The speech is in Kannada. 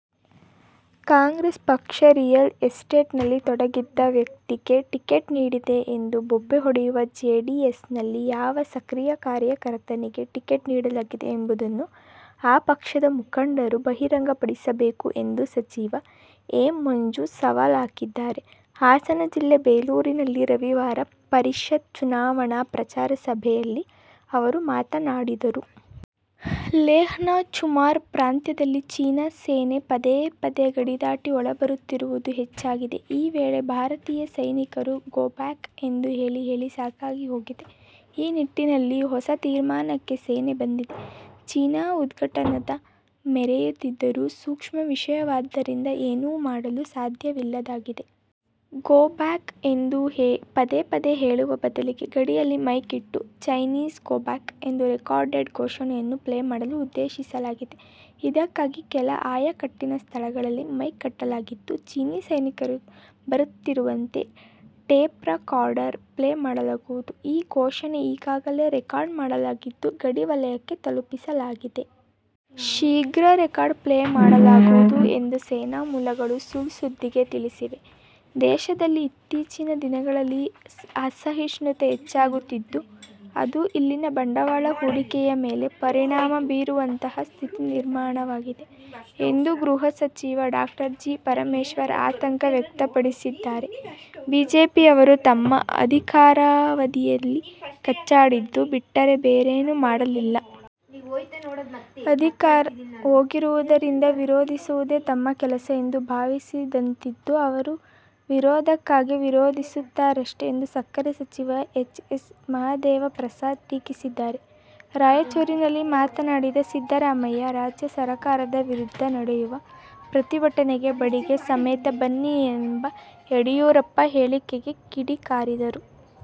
ಕಾಂಗ್ರೆಸ್ ಪಕ್ಷ ರಿಯಲ್ ಎಸ್ಟೇಟ್ನಲ್ಲಿ ತೊಡಗಿದ್ದ ವ್ಯಕ್ತಿಗೆ ಟಿಕೆಟ್ ನೀಡಿದೆ ಎಂದು ಬೊಬ್ಬೆ ಹೊಡೆಯುವ ಜೆಡಿಎಸ್ನಲ್ಲಿ ಯಾವ ಸಕ್ರಿಯ ಕಾರ್ಯಕರ್ತನಿಗೆ ಟಿಕೆಟ್ ನೀಡಲಾಗಿದೆ ಎಂಬುದನ್ನು ಆ ಪಕ್ಷದ ಮುಖಂಡರು ಬಹಿರಂಗಪಡಿಸಬೇಕು ಎಂದು ಸಚಿವ ಎ. ಮಂಜು ಸವಾಲು ಹಾಕಿದ್ದಾರೆ. ಹಾಸನ ಜಿಲ್ಲೆ ಬೇಲೂರಿನಲ್ಲಿ ರವಿವಾರ ಪರಿಷತ್ ಚುನಾವಣಾ ಪ್ರಚಾರ ಸಭೆಯಲ್ಲಿ ಅವರು ಮಾತನಾಡಿದರು. ಲೇಹ್ನ ಚುಮಾರ್ ಪ್ರಾಂತ್ಯದಲ್ಲಿ ಚೀನಾ ಸೇನೆ ಪದೇ ಪದೇ ಗಡಿ ದಾಟಿ ಒಳಬರುತ್ತಿರುವುದು ಹೆಚ್ಚಾಗಿದೆ. ಈ ವೇಳೆ ಭಾರತೀಯ ಸೈನಿಕರು ''''''ಗೋಬ್ಯಾಕ್'' ಎಂದು ಹೇಳಿ ಹೇಳಿ ಸಾಕಾಗಿ ಹೋಗಿದೆ. ಈ ನಿಟ್ಟಿನಲ್ಲಿ ಹೊಸ ತೀರ್ಮಾನಕ್ಕೆ ಸೇನೆ ಬಂದಿದೆ. ಚೀನಾ ಉದ್ಧಟತನ ಮೆರೆಯುತ್ತಿದ್ದರೂ ಸೂಕ್ಷ್ಮ ವಿಷಯವಾದ್ದರಿಂದ ಏನೂ ಮಾಡಲು ಸಾಧ್ಯವಿಲ್ಲದಾಗಿದೆ. ಗೋ ಬ್ಯಾಕ್ ಎಂದು ಪದೇ ಪದೇ ಹೇಳುವ ಬದಲಿಗೆ ಗಡಿಯಲ್ಲಿ ಮೈಕ್ ಇಟ್ಟು ''''ಚೈನೀಸ್ ಗೋಬ್ಯಾಕ್'' ಎಂಬ ರೆಕಾರ್ಡೆಡ್ ಘೋಷಣೆಯನ್ನು ಪ್ಲೇ ಮಾಡಲು ಉದ್ದೇಶಿಸಲಾಗಿದೆ. ಇದಕ್ಕಾಗಿ ಕೆಲ ಆಯಕಟ್ಟಿನ ಸ್ಥಳಗಳಲ್ಲಿ ಮೈಕ್ ಕಟ್ಟಲಾಗಿದ್ದು, ಚೀನೀ ಸೈನಿಕರು ಬರುತ್ತಿರುವಂತೆ, ಟೇಪ್ರೆಕಾರ್ಡರ್ ಪ್ಲೇ ಮಾಡಲಾಗುವುದು. ಈ ಘೋಷಣೆ ಈಗಾಗಲೇ ರೆಕಾರ್ಡ್ ಮಾಡಲಾಗಿದ್ದು, ಗಡಿವಲಯಕ್ಕೆ ತಲುಪಿಸಲಾಗಿದೆ. ಶೀಘ್ರ ರೆಕಾರ್ಡ್ ಪ್ಲೇ ಮಾಡಲಾಗುವುದು ಎಂದು ಸೇನಾ ಮೂಲಗಳು ಸುಳ್ಸುದ್ದಿಗೆ ತಿಳಿಸಿವೆ. ದೇಶದಲ್ಲಿ ಇತ್ತೀಚಿನ ದಿನಗಳಲ್ಲಿ ಅಸಹಿಷ್ಣುತೆ ಹೆಚ್ಚಾಗುತ್ತಿದ್ದು, ಅದು ಇಲ್ಲಿನ ಬಂಡವಾಳ ಹೂಡಿಕೆಯ ಮೇಲೆ ಪರಿಣಾಮ ಬೀರುವಂತಹ ಸ್ಥಿತಿ ನಿರ್ಮಾಣವಾಗಿದೆ ಎಂದು ಗೃಹ ಸಚಿವ ಡಾ. ಜಿ. ಪರಮೇಶ್ವರ್ ಅತಂಕ ವ್ಯಕ್ತಪಡಿಸಿದ್ದಾರೆ. ಬಿಜೆಪಿಯವರು ತಮ್ಮ ಅಧಿಕಾರಾವಧಿಯಲ್ಲಿ ಕಚ್ಚಾಡಿದ್ದು ಬಿಟ್ಟರೆ ಬೇರೇನೂ ಮಾಡಲಿಲ್ಲ. ಅಧಿಕಾರ ಹೋಗಿರುವುದರಿಂದ ವಿರೋಧಿಸುವುದೇ ತಮ್ಮ ಕೆಲಸ ಎಂದು ಭಾವಿಸಿದಂತಿದ್ದು, ಅವರು ವಿರೋಧಕ್ಕಾಗಿ ವಿರೋಧಿಸುತ್ತಾರಷ್ಟೆ ಎಂದು ಸಕ್ಕರೆ ಸಚಿವ ಎಚ್. ಎಸ್. ಮಹದೇವಪ್ರಸಾದ್ ಟೀಕಿಸಿದ್ದಾರೆ. ರಾಯಚೂರಿನಲ್ಲಿ ಮಾತನಾಡಿದ ಸಿದ್ಧರಾಮಯ್ಯ, ರಾಜ್ಯ ಸರಕಾರದ ವಿರುದ್ಧ ನಡೆಯುವ ಪ್ರತಿಭಟನೆಗೆ ಬಡಿಗೆ ಸಮೇತ ಬನ್ನಿ ಎಂಬ ಯಡಿಯೂರಪ್ಪ ಹೇಳಿಕೆಗೆ ಕಿಡಿ ಕಾರಿದರು.